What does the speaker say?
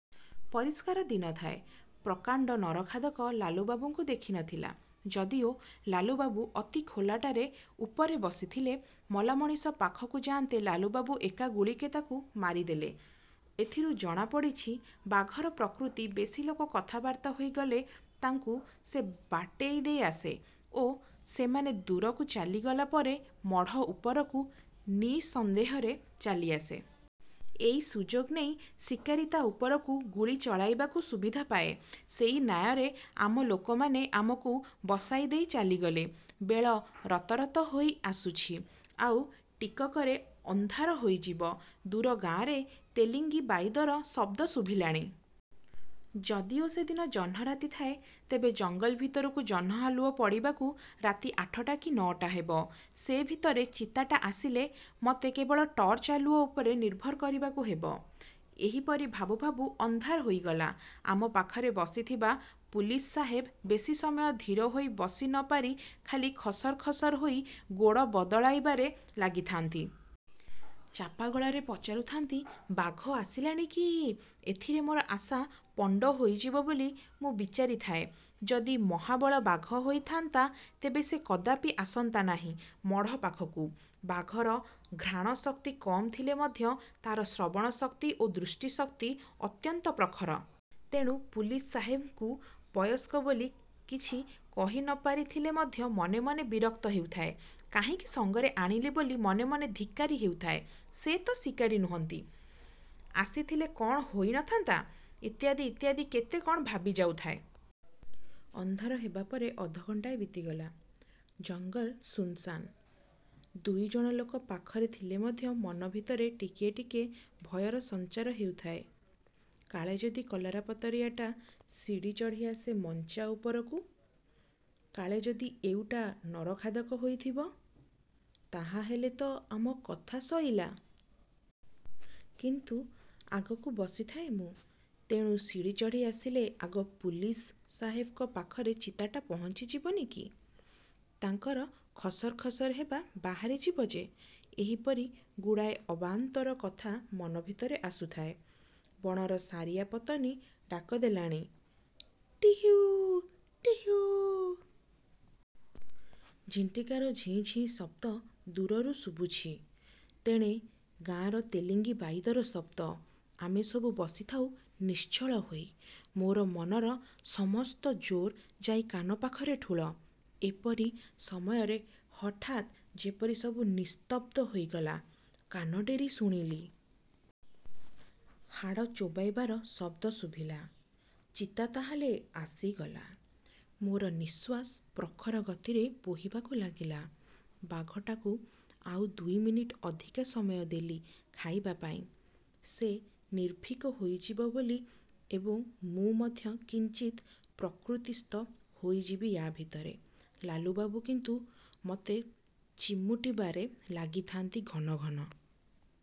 ପରିଷ୍କାର ଦିନ ଥାଏ-। ପ୍ରକାଣ୍ଡ ନରଖାଦକ। ଲାଲୁବାବୁଙ୍କୁ ଦେଖି ନଥିଲା, ଯଦି ଓ ଲାଲୁବାବୁ ଅତି ଖୋଲାଟାରେ ଉପରେ ବସିଥିଲେ। ମଲାମଣିଷ ପାଖକୁ ଯାଅନ୍ତେ ଲାଲୁବାବୁ ଏକା ଗୁଳିକେ ତାକୁ ମାରିଦେଲେ। ଏଥିରୁ ଜଣାପଡ଼ିଛି ବାଘର ପ୍ରକୃତି ବେଶୀ ଲୋକ କଥାବାର୍ତ୍ତା ହୋଇ ଗଲେ ତାଙ୍କୁ ସେ ବାଟୋଇ ଦେଇ ଆସେ ଓ ସେମାନେ ଦୂରକୁ ଚାଲିଗଲା ପରେ ମଢ଼ ଉପରକୁ ନିଃସନ୍ଦେହରେ ଚାଲିଆସେ-। ଏଇ ସୁଯୋଗ ନେଇ ଶିକାରୀ ତା' ଉପରକୁ ଗୁଳି ଚଳାଇବାକୁ ସୁବିଧା ପାଏ। ସେହି ନ୍ୟାୟରେ ଆମ ଲୋକମାନେ ଆମକୁ ବସାଇ ଦେଇ ଚାଲିଗଲେ। ବେଳ ରତ ରତ ହୋଇ ଆସୁଛି। ଆଉ ଟିକକେ ଅନ୍ଧାର ହୋଇଯିବ। ଦୂର ଗାଁରେ ତେଲିଙ୍ଗି ବାଇଦର ଶବ୍ଦ ଶୁଭିଲାଣି। ଯଦି ଓ ସେଦିନ ଜହ୍ନରାତି ଥାଏ, ତେବେ ଜଙ୍ଗଲ ଭିତରକୁ ଜହ୍ନ ଆଲୁଅ ପଡ଼ିବାକୁ ରାତି ଆଠଟା କି ନଅଟା ହେବ। ସେ ଭିତରେ ଚିତାଟା ଆସିଲେ ମୋତେ କେବଳ ଟର୍ଚ୍ଚ ଆଲୁଅ ଉପରେ ନିର୍ଭର କରିବାକୁ ହେବ।,ଏହିପରି ଭାବୁ ଭାବୁ ଅନ୍ଧାର ହୋଇଗଲା। ଆମ ପାଖରେ ବସିଥିବା ପୁଲିସ ସାହେବ ବେଶି ସମୟ ଧୀର ହୋଇ ବସି ନ ପାରି ଖାଲି ଖସର ଖସର ହୋଇ ଗୋଡ଼ ବଦଳାଇବାରେ ଲାଗିଥାନ୍ତି। ଚାପା ଗଳାରେ ପଚାରୁଥାନ୍ତି, ବାଘ ଆସିଲାଣି କି? ଏଥିରେ ମୋର ଆଶା ପଣ୍ଡ ହୋଇଯିବ ବୋଲି ମୁଁ ବିଚାରିଥାଏ। ଯଦି ମହାବଳ ବାଘ ହୋଇଥାନ୍ତା ତେବେ ସେ କଦାପି ଆସନ୍ତା ନାହିଁ ମଢ଼ ପାଖକୁ। ବାଘର ଘ୍ରାଣ ଶକ୍ତି କମ ଥିଲେ ମଧ୍ୟ ତା'ର ଶ୍ରବଣ ଶକ୍ତି ଓ ଦୃଷ୍ଟି ଶକ୍ତି ଅତ୍ୟନ୍ତପ୍ରଖର। ତେଣୁ ପୁଲିସ ସାହେବଙ୍କୁ ବୟସ୍କ ବୋଲି କିଛି କହି ନ ପାରିଥିଲେ ମଧ୍ୟ ମନେ ମନେ ବିରକ୍ତ ହେଉଥାଏ। କାହିଁକି ସଙ୍ଗରେ ଆଣିଲି ବୋଲି ମନେ ମନେ ଧିକ୍କାରି ହେଉଥାଏ। ସେ ତ ଶିକାରୀ ନୁହନ୍ତି, ଆସି ଥିଲେ କ'ଣ ହୋଇ ନ ଥାନ୍ତା! ଇତ୍ୟାଦି ଇତ୍ୟାଦି କେତେ କ'ଣ ଭାବିଯାଉଥାଏ। ଅନ୍ଧାର ହେବାପରେ ଅଧଘଣ୍ଟାଏ ବିତିଗଲା। ଜଙ୍ଗଲ ଶୁନ୍ ଶାନ୍। ଦୁଇଜଣ ଲୋକ ପାଖରେ ଥିଲେ ମଧ୍ୟ ମନ ଭିତରେ ଟିକେ ଟିକେ ଭୟର ସଞ୍ଚାର ହେଉଥାଏ। କାଳେ ଯଦି କଲରାପତରିଆଟା ସିଡ଼ି ଚଢ଼ି ଆସେ ମଞ୍ଚା ଉପରକୁ! କାଳେ ଯଦି ଏଉଟା ନରଖାଦକ ହୋଇଥିବ-! ତାହାହେଲେ ତ ଆମ କଥା ସଇଲା! କିନ୍ତୁ ଆଗକୁ ବସିଥାଏ ମୁଁ। ତେଣୁ ସିଡ଼ି ଚଢ଼ି ଆସିଲେ ଆଗ ପୁଲିସ ସାହେବଙ୍କ ପାଖରେ ଚିତାଟା ପହଞ୍ଚି ଯିବନି କି! ତାଙ୍କର ଖସର ଖସର ହେବା ବାହାରିଯିବ ଯେ। ଏହିପରି ଗୁଡ଼ାଏ ଅବାନ୍ତର କଥା ମନ ଭିତରେ ଆସୁଥାଏ-। ବଣର ସାରିଆପତନି ଡାକ ଦେଲାଣି-ଟିହ'ଉଁ ଟିହ'ଉଁ। ଝିଣ୍ଟିକାର ଝିଁ ଝିଁ ଶବ୍ଦ ଦୂରରୁ ଶୁଭୁଛି। ତେଣେ ଗାଁର ତେଲିଙ୍ଗି ବାଇଦର ଶବ୍ଦ। ଆମେ ସବୁ ବସିଥାଉ ନିଶ୍ଚଳ ହୋଇ। ମୋର ମନର ସମସ୍ତ ଜୋର ଯାଇ କାନ ପାଖରେ ଠୂଳ! ଏପରି ସମୟରେ ହଠାତ୍ ଯେପରି ସବୁ ନିସ୍ତବ୍ଧ ହୋଇଗଲା-। କାନ ଡେରି ଶୁଣିଲି। ହାଡ଼ ଚୋବେଇବାର ଶବ୍ଦ ଶୁଭିଲା। ଚିତା ତାହାହେଲେ ଆସିଗଲା-? ମୋର ନିଃଶ୍ୱାସ ପ୍ରଖର ଗତିରେ ବୋହିବାକୁ ଲାଗିଲା। ବାଘଟାକୁ ଆଉ ଦୁଇ ମିନିଟ ଅଧିକା ସମୟ ଦେଲି ଖାଇବା ପାଇଁ-ସେ ନିର୍ଭୀକ ହୋଇଯିବ ବୋଲି ଏବଂ ମୁଁ ମଧ୍ୟ କିଞ୍ଚିତ ପ୍ରକୃତିସ୍ଥ ହୋଇଯିବି ୟା ଭିତରେ। ଲାଲୁବାବୁ କିନ୍ତୁ ମୋତେ ଚିମୁଟିବାରେ ଲାଗିଥାନ୍ତି ଘନ ଘନ।